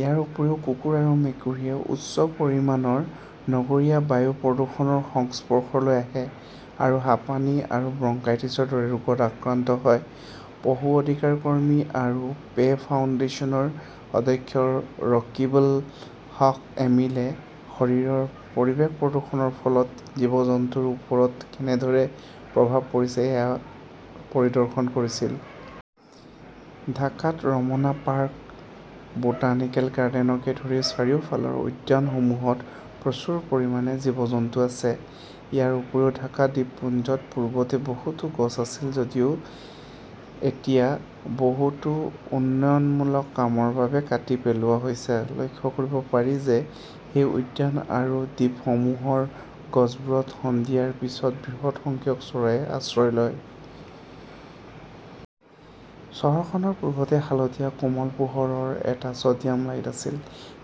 ইয়াৰ উপৰিও কুকুৰ আৰু মেকুৰীয়ে উচ্চ পৰিমাণৰ নগৰীয়া বায়ু প্ৰদূষণৰ সংস্পৰ্শলৈ আহে আৰু হাঁপানি আৰু ব্ৰংকাইটিছৰ দৰে ৰোগত আক্ৰান্ত হয়। পশু অধিকাৰ কৰ্মী আৰু পে ফাউণ্ডেশ্যনৰ অধ্যক্ষ ৰাকিবুল হক এমিলে শৰীৰৰ পৰিৱেশ প্ৰদূষণৰ ফলত জীৱ-জন্তুৰ ওপৰত কেনেদৰে প্ৰভাৱ পৰিছে সেয়া পৰিদৰ্শন কৰিছিল। "ঢাকাত ৰমনা পাৰ্ক, বোটানিকেল গাৰ্ডেনকে ধৰি চাৰিওফালৰ উদ্যানসমূহত প্ৰচুৰ পৰিমাণে জীৱ-জন্তু আছে। ইয়াৰ উপৰিও ঢাকা দ্বীপপুঞ্জত পূৰ্বতে বহুতো গছ আছিল, যদিও এতিয়া বহুতো উন্নয়নমূলক কামৰ বাবে কাটি পেলোৱা হৈছে। লক্ষ্য কৰিব পাৰি যে এই উদ্যান আৰু দ্বীপসমূহৰ গছবোৰত সন্ধিয়াৰ পিছত বৃহৎ সংখ্যক চৰাইয়ে আশ্ৰয় লয়। চহৰখনত পূৰ্বতে হালধীয়া কোমল পোহৰৰ এটা চ 'ডিয়াম লাইট আছিল।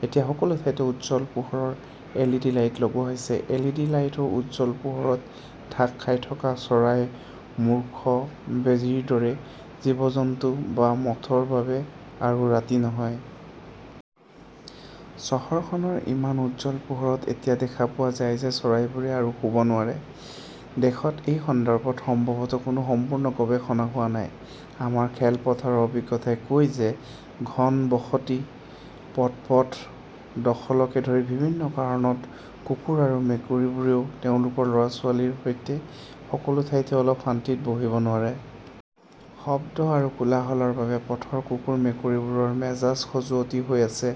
এতিয়া সকলো ঠাইতে উজ্জ্বল পোহৰৰ এলইডি লাইট লগোৱা হৈছে। এল. ই. ডি. লাইটৰ উজ্জ্বল পোহৰত ঢাক খাই থকা চৰাই, মূৰ্খ, বেজীৰ দৰে জীৱ-জন্তু বা মথৰ বাবে আৰু ৰাতি নহয়। চহৰখনৰ ইমান উজ্জ্বল পোহৰত এতিয়া দেখা পোৱা যায় যে চৰাইবোৰে আৰু শুব নোৱাৰে। দেশত এই সন্দৰ্ভত সম্ভৱতঃ কোনো সম্পূৰ্ণ গৱেষণা হোৱা নাই। আমাৰ খেলপথাৰৰ অভিজ্ঞতাই কয় যে ঘনবসতি, পদপথ দখলকে ধৰি বিভিন্ন কাৰণত কুকুৰ আৰু মেকুৰীবোৰেও তেওঁলোকৰ ল "ৰা-ছোৱালীৰ সৈতে সকলো ঠাইতে অলপ শান্তিত বহিব নোৱাৰে। শব্দ আৰু কোলাহলৰ বাবে পথৰ কুকুৰ-মেকুৰীবোৰৰ মেজাজ খজুৱতি হৈ আছে।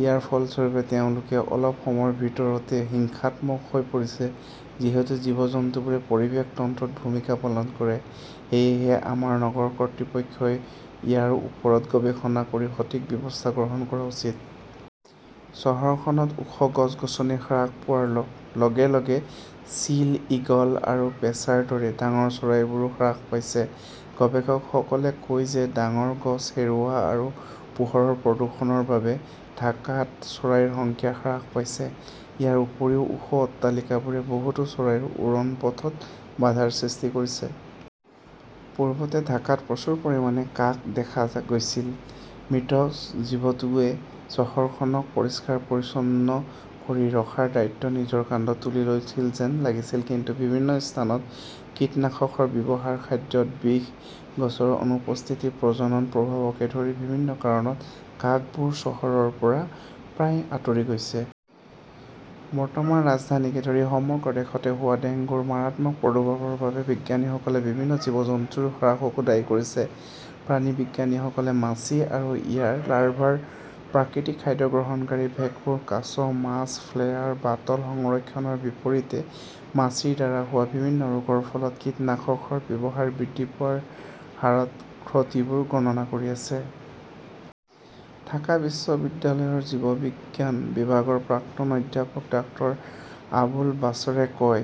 ইয়াৰ ফলস্বৰূপে, তেওঁলোকে অলপ সময়ৰ ভিতৰতে হিংসাত্মক হৈ পৰিছে। যিহেতু জীৱ-জন্তুবোৰে পৰিৱেশ তন্ত্ৰত ভূমিকা পালন কৰে, সেয়েহে আমাৰ নগৰ কৰ্তৃপক্ষই ইয়াৰ ওপৰত গৱেষণা কৰি সঠিক ব্যৱস্থা গ্ৰহণ কৰা উচিত। চহৰখনত ওখ গছ-গছনি হ্ৰাস পোৱাৰ লগে লগে চিল, ঈগল আৰু পেঁচাৰ দৰে ডাঙৰ চৰাইবোৰো হ্ৰাস পাইছে। গৱেষকসকলে কয় যে ডাঙৰ গছ হেৰুওৱা আৰু পোহৰৰ প্ৰদূষণৰ বাবে ঢাকাত চৰাইৰ সংখ্যা হ্ৰাস পাইছে। ইয়াৰ উপৰিও, ওখ অট্টালিকাবোৰে বহুতো চৰাইৰ উৰণপথত বাধাৰ সৃষ্টি কৰিছে। পূৰ্বতে ঢাকাত প্ৰচুৰ পৰিমাণে কাক দেখা গৈছিল। মৃত জীৱটোৱে চহৰখনক পৰিষ্কাৰ-পৰিচ্ছন্ন কৰি ৰখাৰ দায়িত্ব নিজৰ কান্ধত তুলি লৈছিল যেন লাগিছিল। কিন্তু বিভিন্ন স্থানত কীটনাশকৰ ব্যৱহাৰ, খাদ্যত বিষ, গছৰ অনুপস্থিতি, প্ৰজননৰ প্ৰভাৱকে ধৰি বিভিন্ন কাৰণত কাকবোৰ চহৰৰ পৰা প্ৰায় আঁতৰি গৈছে। বৰ্তমান ৰাজধানীকে ধৰি সমগ্ৰ দেশতে হোৱা ডেংগুৰ মাৰাত্মক প্ৰাদুৰ্ভাৱৰ বাবে বিজ্ঞানীসকলে বিভিন্ন জীৱ-জন্তুৰ হ্ৰাসকো দায়ী কৰিছে। প্ৰাণীবিজ্ঞানীসকলে মাছি আৰু ইয়াৰ লাৰ্ভাৰ প্ৰাকৃতিক খাদ্য গ্ৰহণকাৰী ভেঁকুৰ, কাছ, মাছ, ফ্লেয়াৰ, বাটল সংৰক্ষণৰ বিপৰীতে মাছিৰ দ্বাৰা হোৱা বিভিন্ন ৰোগৰ ফলত কীটনাশকৰ ব্যৱহাৰ বৃদ্ধি পোৱাৰ হাৰত ত্ৰুটিবোৰ গণনা কৰি আছে। ঢাকা বিশ্ববিদ্যালয়ৰ জীৱবিজ্ঞান বিভাগৰ প্ৰাক্তন অধ্যাপক ডাঃ আবুল বাশ্বৰে কয়,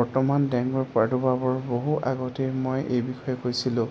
"বৰ্তমান ডেংগুৰ প্ৰাদুৰ্ভাৱৰ বহু আগতেই মই এই বিষয়ে কৈছিলো।